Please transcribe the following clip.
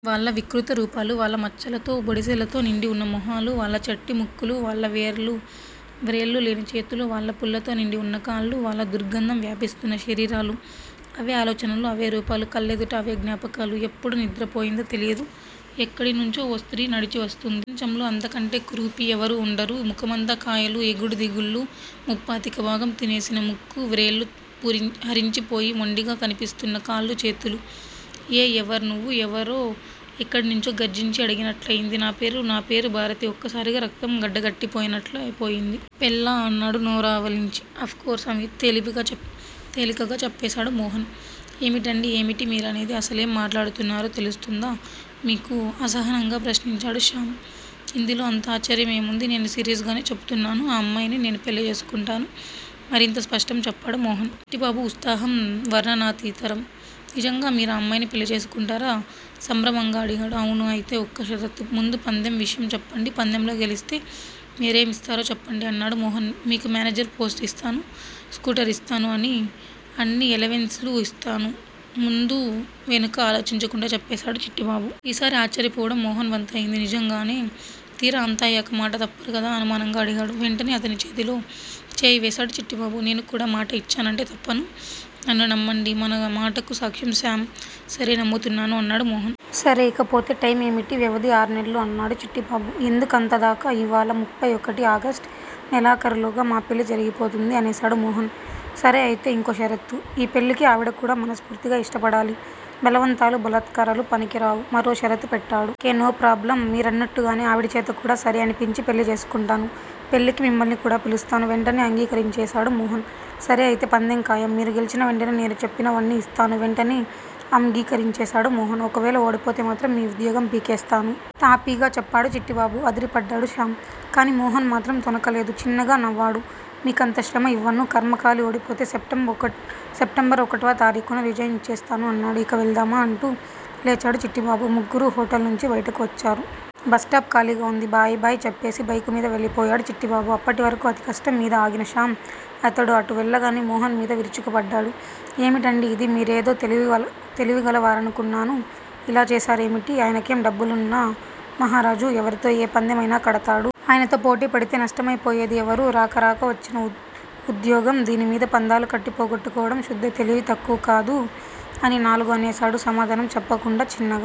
వాళ్ళ వికృత రూపాలు వాళ్ళ మచ్చలతో, బొడిసెలతో నిండి వున్న మొహాలు, వాళ్ళ చట్టి ముక్కులు, వాళ్ళ వ్రేళ్ళు లేని చేతులు, వాళ్ళ పుళ్ళతో నిండివున్న కాళ్ళు, వాళ్ళ దుర్గంధం వ్యాపిస్తూన్న శరీరాలు! అవే ఆలోచనలు అవే రూపాలు కళ్ళెదుట అవే జ్ఞాపకాలు. ఎప్పుడు నిద్రపోయిందో తెలియదు ఎక్కడి నుంచో ఓ స్త్రీ నడిచి వస్తూంది. ప్రపంచంలో అంతకంటే కురూపి ఎవరూ ఉండరు. ముఖమంతా కాయలు ఎగుడు దిగుళ్ళు, ముప్పాతిక భాగం తినేసిన ముక్కు, వ్రేళ్ళు హరించిపోయి మొండిగా కనిపిస్తూన్న కాళ్ళూ, చేతులూ. ఏయ్, ఎవరు నువ్వు? ఎవరో ఎక్కడి నుంచో గర్జించి అడిగినట్లయింది. నా పేరు నా పేరూ భారతి. ఒక్కసారిగా రక్తం గడ్డకట్టినట్లయి పోయింది. పెళ్ళా? అన్నాడు నోరావలించి. అఫ్ కోర్స్ అమిత్ తేలికగా చెప్పేసాడు మోహన్. ఏమిటండీ? ఏమిటి మీరనేది? అసలేం మాట్లాడుతున్నారు తెలుస్తుందా మీకు? అసహనంగా ప్రశ్నించాడు శ్యామ్. ఇందులో అంత ఆశ్చర్యం ఏముంది? నేను సీరియస్ గానే చెప్పుతున్నాను. ఆ అమ్మాయిని నేను పెళ్ళి చేసుకుంటాను. మరింత స్పష్టంగా చెప్పాడు మోహన్. చిట్టిబాబు ఉత్సాహం వర్ణనాతీతరం. నిజంగా మీరా అమ్మాయిని పెళ్ళి చేసుకుంటారా? సంభ్రమంగా అడిగాడు. అవును. అయితే ఒక్క షరతు. ముందు పందెం విషయం చెప్పండి పందెంలో గెలిస్తే మీరేం ఇస్తారో చెప్పండి అన్నాడు మోహన్. మీకు మేనేజర్ పోస్టు యిస్తాను. స్కూటర్ ఇస్తాను. అన్ని ఎలవెన్స్ లూ యిస్తాను ముందూ వెనకా ఆలోచించకుండా చెప్పేసాడు చిట్టిబాబు. ఈసారి ఆశ్చర్యపోవడం మోహన్ వంతు అయింది. నిజంగానే? తీరా అంతా అయ్యాక మాట తప్పరుకదూ! అనుమానంగా అడిగాడు. వెంటనే అతని చేతిలో చేయివేసాడు చిట్టిబాబు. నేను కూడ మాట ఇచ్చానంటే తప్పను. నన్ను నమ్మండి. మన మాటకు సాక్ష్యం శ్యామ్. సరే నమ్ముతున్నాను అన్నాడు మోహన్. సరే ఇకపోతే టైం ఏమిటి వ్యవధి ఆర్నెల్లు అన్నాడు చిట్టిబాబు. ఎందుకంతదాకా? ఇవ్వాళ ముఫై ఒకటి! ఆగస్ట్ నెలాఖరులోగ మా పెళ్ళి జరిగిపోతుంది అనేసాడు మోహన్. సరే అయితే ఇంకో షరతు. ఈ పెళ్ళికి ఆవిడ కూడా మనస్ఫూర్తిగా యిష్టపడాలి బలవంతాలూ, బాలాత్కారాలూ పనికిరావు మరో షరతు పెట్టాడు. ఓకే నో ప్రోబ్లమ్ మీరన్నట్లుగానే ఆవిడ చేత కూడ సరే అనిపించి పెళ్ళి చేసుకుంటాను. పెళ్ళికి మిమ్మల్ని కూడా పిలుస్తాను వెంటనే అంగీకరించేసాడు మోహన్. సరే అయితే. పందెం ఖాయం. మీరు గెల్చిన వెంటనే నేను చెప్పినవన్నీ యిస్తాను వెంటనే అమ్గీకరించేసాడు మోహన్. ఒకవేళ ఓడిపోతేమాత్రం మీ ఉద్యోగం పీకేస్తాను. తాపీగా చెప్పాడు చిట్టిబాబు అదిరిపడ్డాడు శ్యామ్. కానీ మోహన్ మాత్రం తొణక లేదు. చిన్నగా నవ్వాడు. మీకంత శ్రమ యివ్వను. ఖర్మకాలి ఓడిపోతే సెప్టెంబర్ ఒకటవ తారీకున రిజైన్ యిచ్చేస్తాను ఆన్నాడు. ఇక వెళ్దామా? అంటూ లేచాడు చిట్టిబాబు. ముగ్గురూ హొటల్ నుంచి బయటికి వచ్చారు. బస్టాప్ ఖాళీగా వుంది. బై బై చెప్పేసి బైక్ మీద వెళ్ళిపోయాడు చిట్టిబాబు. అప్పటివరకూ అతికష్టంమీద ఆగిన శ్యామ్ అతడు అటు వెళ్ళగానే మోహన్ మీద విరుచుకుపడ్డాడు. ఏమిటండీ ఇది? మీరేదో తెలివిగలవారనుకున్నాను. ఇలా చేసారేమిటి? ఆయనకేం డబ్బున్న మహారాజు. ఎవరితో ఏ పందెం అయినా కడతాడు. ఆయనతో పోటీ పడితే నష్టమైపోయేది ఎవరు? రాక రాక వచ్చిన ఉద్యోగం. దీనిమీద పందాలు కట్టి పోగొట్టుకోవడం శుద్ధ తెలివి తక్కువ కాదూ అని నాలుగూ అనేసాడు. సమాధానం చెప్పకుండా చిన్నగా